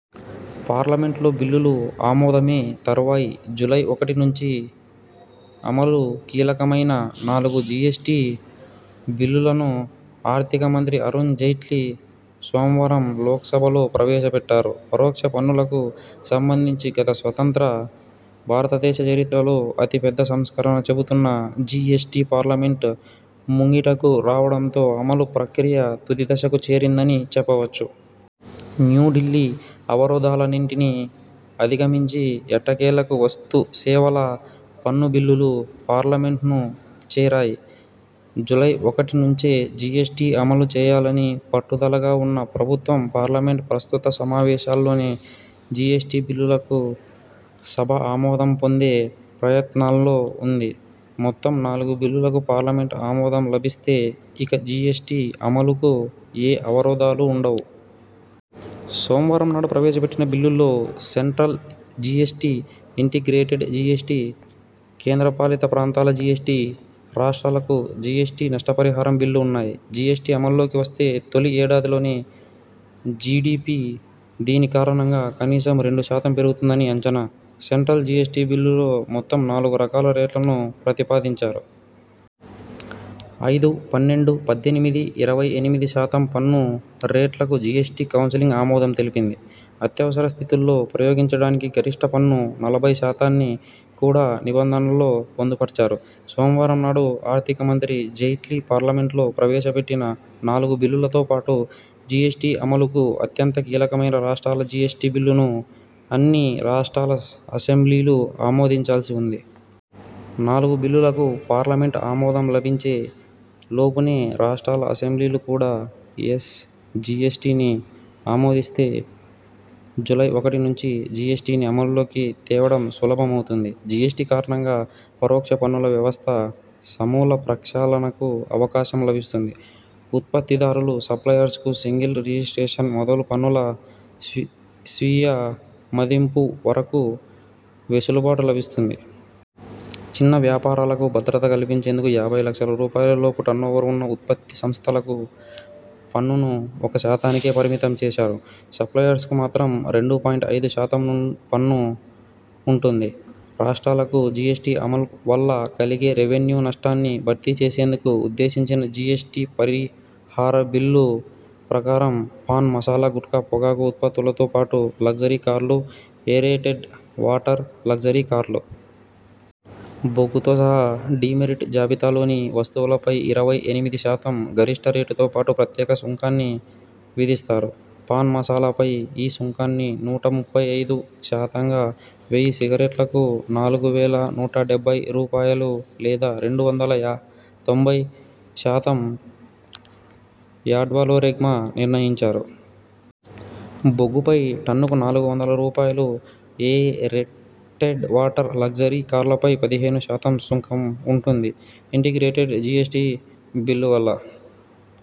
పార్లమెంట్లో బిల్లులు ఆమోదమే తరువాయి జూలై ఒకటి నుంచి అమలు! కీలకమైన నాలుగు జిఎస్టి బిల్లులను ఆర్థికమంత్రి అరుణ్ జైట్లీ సోమవారం లోక్సభలో ప్రవేశపెట్టారు. పరోక్ష పన్నులకు సంబంధించి గత స్వతంత్ర భారతదేశ చరిత్రలో అతి పెద్ద సంస్కరణగా చెబుతున్న జిఎస్టి పార్లమెంట్ ముంగిటకు రావడంతో అమలు ప్రక్రియ తుది దశకు చేరిందని చెప్పవచ్చు. న్యూఢిల్లీ అవరోధాలన్నింటినీ అధిగమించి ఎట్టకేలకు వస్తు సేవల పన్ను బిల్లులు పార్లమెంట్ను చేరాయి. జూలై ఒకటి నుంచే జిఎస్టి అమలు చేయాలని పట్టుదలగా ఉన్న ప్రభుత్వం పార్లమెంట్ ప్రస్తుత సమావేశాల్లోనే జిఎస్టి బిల్లులకు సభ ఆమోదం పొందే ప్రయత్నాల్లో ఉంది. మొత్తం నాలుగు బిల్లులకు పార్లమెంట్ ఆమోదం లభిస్తే ఇక జిఎస్టి అమలుకు ఏ అవరోధాలు ఉండవు. సోమవారం నాడు ప్రవేశపెట్టిన బిల్లుల్లో సెంట్రల్ జిఎస్టి, ఇంటిగ్రేటెడ్ జిఎస్టి, కేంద్రపాలిత ప్రాంతాల జిఎస్టి, రాష్ట్రాలకు జిఎస్టి నష్టపరిహారం బిల్లు ఉన్నాయి. జిఎస్టి అమల్లోకి వస్తే తొలి ఏడాదిలోనే జిడిపి దీనికారణంగా కనీసం రెండు శాతం పెరుగుతుందని అంచనా. సెంట్రల్ జిఎస్టి బిల్లులో మొత్తం నాలుగు రకాల రేట్లను ప్రతిపాదించారు. ఐదు, పన్నెండు, పద్దెనిమిది, ఇరవై ఎనిమిది శాతం పన్ను రేట్లకు జిఎస్టి కౌన్సిల్ ఆమోదం తెలిపింది. అత్యవసర స్థితుల్లో ప్రయోగించడానికి గరిష్ఠ పన్ను నలభై శాతాన్ని కూడా నిబంధనల్లో పొందుపర్చారు. సోమవారం నాడు ఆర్థిక మంత్రి జైట్లీ పార్లమెంట్లో ప్రవేశపెట్టిన నాలుగు బిల్లులతో పాటు జిఎస్టి అమలుకు అత్యంత కీలకమైన రాష్ట్రాల జిఎస్టి బిల్లును అన్ని రాష్ట్రాల అసెంబ్లీలు ఆమోదించాల్సి ఉంది. నాలుగు బిల్లులకు పార్లమెంట్ ఆమోదం లభించే లోపునే రాష్ట్రాల అసెంబ్లీలు కూడా ఎస్ జిఎస్టిని ఆమోదిస్తే, జూలై ఒకటి నుంచి జిఎస్టిని అమల్లోకి తేవడం సులభం అవుతుంది. జిఎస్టి కారణంగా పరోక్ష పన్నుల వ్యవస్థ సమూల ప్రక్షాళనకు అవకాశం లభిస్తుంది. ఉత్పత్తిదారులు, సప్లయర్స్ కు సింగిల్ రిజిస్ట్రేషన్ మొదలు పన్నుల స్వీయ స్వీయమదింపు వరకు వెసులుబాటు లభిస్తుంది. చిన్న వ్యాపారాలకు భద్రత కల్పించేందుకు యాభై లక్షల రూపాయల లోపు టర్నోవర్ ఉన్న ఉత్పత్తి సంస్థలకు పన్నును ఒక శాతానికే పరిమితం చేశారు. సప్లయర్స్ కు మాత్రం రెండు పాయింట్ ఐదు శాతం పన్ను ఉంటుంది. రాష్ట్రాలకు జిఎస్టి అమలు వల్ల కలగే రెవెన్యూ నష్టాన్ని భర్తీ చేసేందుకు ఉద్దేశించిన జిఎస్టి పరిహార బిల్లు ప్రకారం, పాన్ మసాలా, గుట్కా, పొగాకు ఉత్పత్తులతో పాటు లగ్జరీ కార్లు, ఏరేటెడ్ వాటర్, లగ్జరీ కార్లు. బొగ్గుతో సహా డీమెరిట్ జాబితాలోని వస్తువులపై ఇరవై ఎనిమిది శాతం గరిష్ఠ రేటుతో పాటు ప్రత్యేక సుంకాన్ని విధిస్తారు. పాన్ మసాలాపై ఈ సుంకాన్ని నూట ముప్పై ఐదు శాతంగా, వెయ్యి సిగరెట్లకు నాలుగు వేల నూట డెబ్బై రూపాయలు లేదా రెండు వందల య తొంభై శాతం యాడ్వాలొరెమ్గా నిర్ణయించారు. బొగ్గుపై టన్నుకు నాలుగు వందల రూపాయలు, ఏ రేటెడ్ వాటర్, లగ్జరీ కార్లపై పదిహేను శాతం సుంకం ఉంటుంది. ఇంటిగ్రేటెడ్ జిఎస్టి బిల్లు వల్ల,